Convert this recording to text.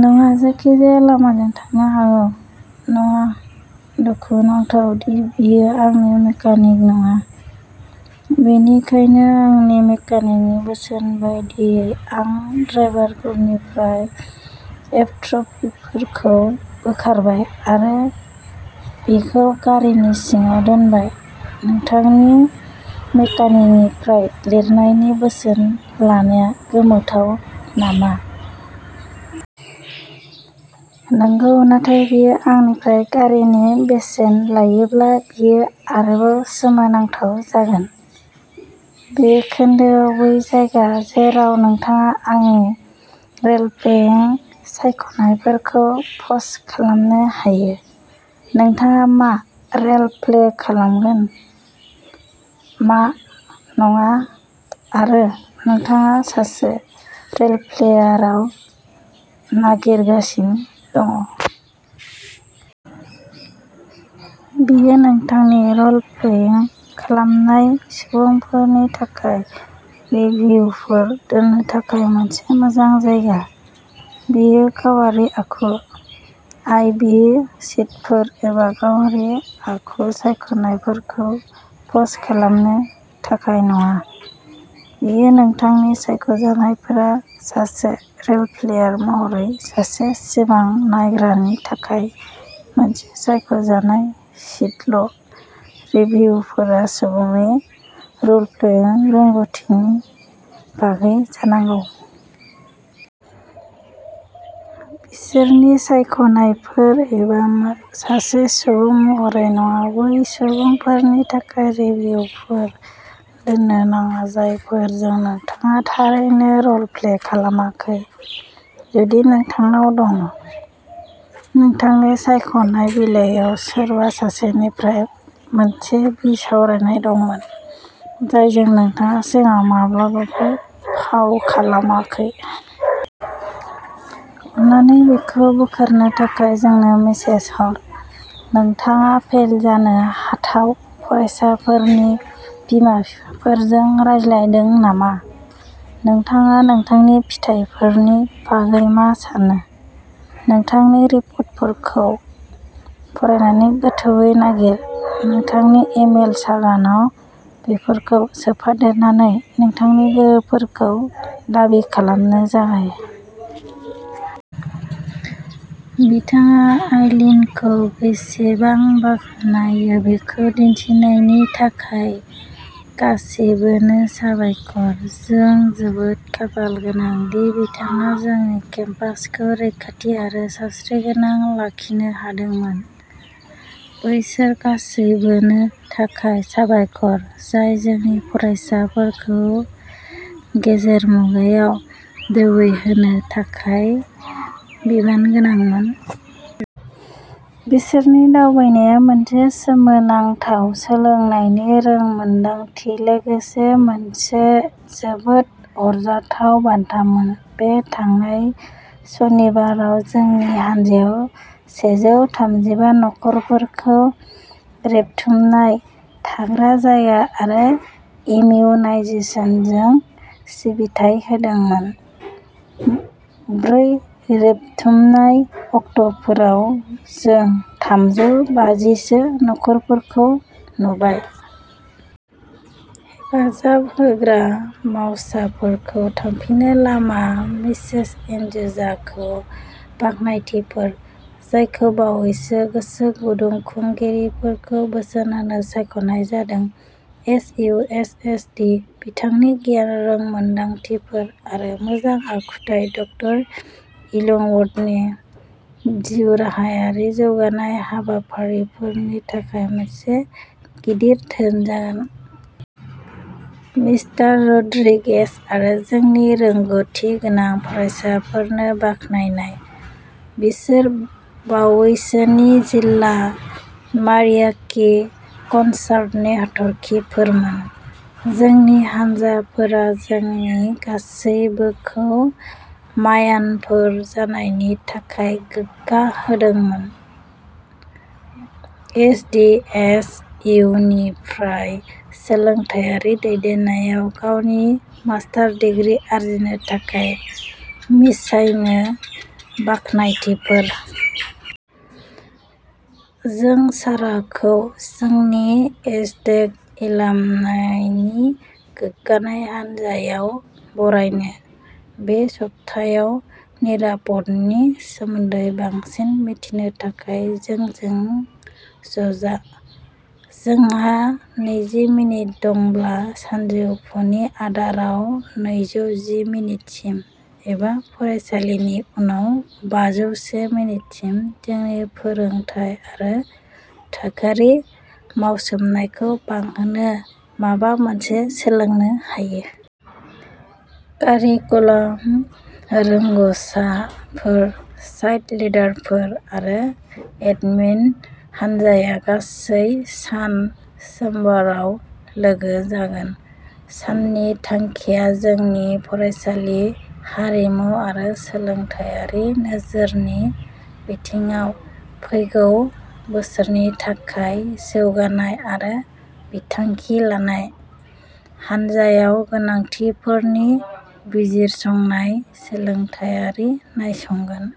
नङा। जायखिजाया लामाजों थांनो हागौ। नङा। दुखु नांथाव दि बियो आंनि मेकानिक नङा। बेनिखायनो आंनि मेकानिकनि बोसोन बायदियै आं ड्राइभारफोरनिफ्राय एपस्ट्र'फिफोरखौ बोखारबाय आरो बेखौ गारिनि सिङाव दोनबाय। नोंथांनि मेकानिकनिफ्राय लिरनायनि बोसोन लानाया गोमोथाव नामा? नंगौ। नाथाय बियो आंनिफ्राय गारिनि बोसोन लायोब्ला बेयो आरोबाव सोमोनांथाव जागोन!। बे खोन्दोआव बै जायगा जेराव नोंथाङा नोंथांनि रेलप्लेइं सायख'नायफोरखौ पस्ट खालामनो हायो। नोंथाङा मा रेलप्ले खालामगोन? मा नङा। आरो नोंथाङा सासे रेलप्लेयाराव नागिरगासिनो दं। बेयो नोंथांनि रलप्लेइं खालामनाय सुबुंफोरनि थाखाय रिभ्युफोर दोननो थाखाय मोनसे मोजां जायगा। बेयो गावारि आखु आइ. डि. शीटफोर एबा गावारि आखु सायख'नायफोरखौ पस्ट खालामनो थाखाय नङा। बेयो नोंथांनि सायख'नायफोरा सासे रलप्लेयार महरै सासे सिमां नायग्रानि थाखाय मोनसे सायख'जानाय शीटल' रिभ्युफोरा सुबुंनि रलप्लेइं रोंग'थिनि बागै जानांगौ। बिसोरनि सायख'नायफोर एबा सासे सुबुं महरै नङा। बै सुबुंफोरनि थाखाय रिभ्युफोर दोननो नाङा जायफोरजों नोंथाङा थारैनो रलप्ले खालामाखै। जुदि नोंथांनाव दं। नोंथांनि सायख'नाय बिलाइयाव सोरबा सासेनिफ्राय मोनसे बिसावरायनाय दंमोन जायजों नोंथाङा सिगाङाव माब्लाबाबो फाव खालामाखै। अननानै बेखौ बोखारनो थाखाय जोंनो मेसेज हर। नोंथाङा फेल जानो हाथाव फरायसाफोरनि बिमा-बिफाफोरजों रायज्लायदों नामा? नोंथाङा नोंथांनि फिथायफोरनि बागै मा सानो? नोंथांनि रिपर्टफोरखौ फरायनानै गोथौवै नागिर। नोंथांनि इमेल सागानआव बेफोरखौ सोफादेरनानै नोंथांनि गोहोफोरखौ दाबि खालामनो जागाय। नोंथाङा आइलीनखौ बेसेबां बाखनायो बेखौ दिन्थिनायनि थाखाय गासिबोनो साबायखर। जों जोबोद खाफालगोनां दि बिथाङा जोंनि केम्पासखौ रैखाथि आरो सावस्रिगोनां लाखिनो हादोंमोन! बैसोर गासैबोनो थाखाय साबायखर जाय जोंनि फरायसाफोरखौ गेजेर मुगायाव दोबैहोनो थाखाय बिबानगोनांमोन। बिसोरनि दावबायनाया मोनसे सोमोनांथाव सोलोंनायनि रोंमोनदांथि लोगोसे मोनसे जोबोद अरजाथाव बान्थामोन। बे थांनाय सनिबाराव जोंनि हानजायाव सेजौ थामजि बा नखरफोरखौ रेबथुमनाय थाग्रा जायगा आरो इमिउ नायजेसनजों सिबिथाय होदोंमोन। ब्रै रेबथुमनाय अक्ट'फोराव जों थामजौ बाजि सो नखरफोरखौ नुबाय। हेफाजाब होग्रा मावसाफोरखौ थांफिननो लामा मिसेस इनजुनजाखौ बाखनायथिफोर। जायखौ बावैसो गोसो गुदुं खुंगिरिफोरखौ बोसोन होनो सायख'नाय जादोंमोन। S. U. H. S. D.. बिथांनि गियान रोंमोनदांथिफोर आरो मोजां आखुथाय डक्टर इलिंवर्थनि जिउराहायारि जौगानाय हाबाफारिफोरनि थाखाय मोनसे गिदिर धोन जागोन। मिस्टार रड्रिगेज आरो जोंनि रोंग'थिगोनां फरायसाफोरनो बाखनायनाय। बिसोर बावैसोनि जिल्ला मारियाकी कनसार्टनि हाथरखिफोरमोन। जोंनि हानजाफोरा जोंनि गासैबोखौ मायानफोर जानायनि थाखाय गोग्गा होदोंमोन। एस. डि. एस. इउ. निफ्राय सोलोंथायारि दैदेननायाव गावनि मास्टार डिग्री आरजिनो थाखाय मिस चाइनो बाखनायथिफोर। जों साराखौ जोंनि एजटेक एलामनाइनि गोग्गानाय हानजायाव बरायनो। बे सप्तायाव नियारप'डनि सोमोन्दै बांसिन मिथिनो थाखाय जोंजों ज'जा। नोंहा नैजि मिनिट दंब्ला सानजौफुनि आदाराव नैजौ जि मिनिटसिम एबा फरायसालिनि उनाव बाजौ से मिनिटसिम नोंनि फोरोंथाय आरो थाखोआरि मावसोमनायखौ बांहोनो माबा मोनसे सोलोंनो हायो। कारिकुलाम रोंग'साफोर साइट लिडारफोर आरो एडमिन हान्जाया गासै सान सोमबाराव लोगो जागोन। साननि थांखिया जोंनि फरायसालि हारिमु आरो सोलोंथायारि नोजोरनि बिथिङाव फैगौ बोसोरनि थाखाय जौगानाय आरो बिथांखि लानाय। हानजायाव गोनांथिफोरनि बिजिरसंनाय सोलोंथायारि नायसंगोन।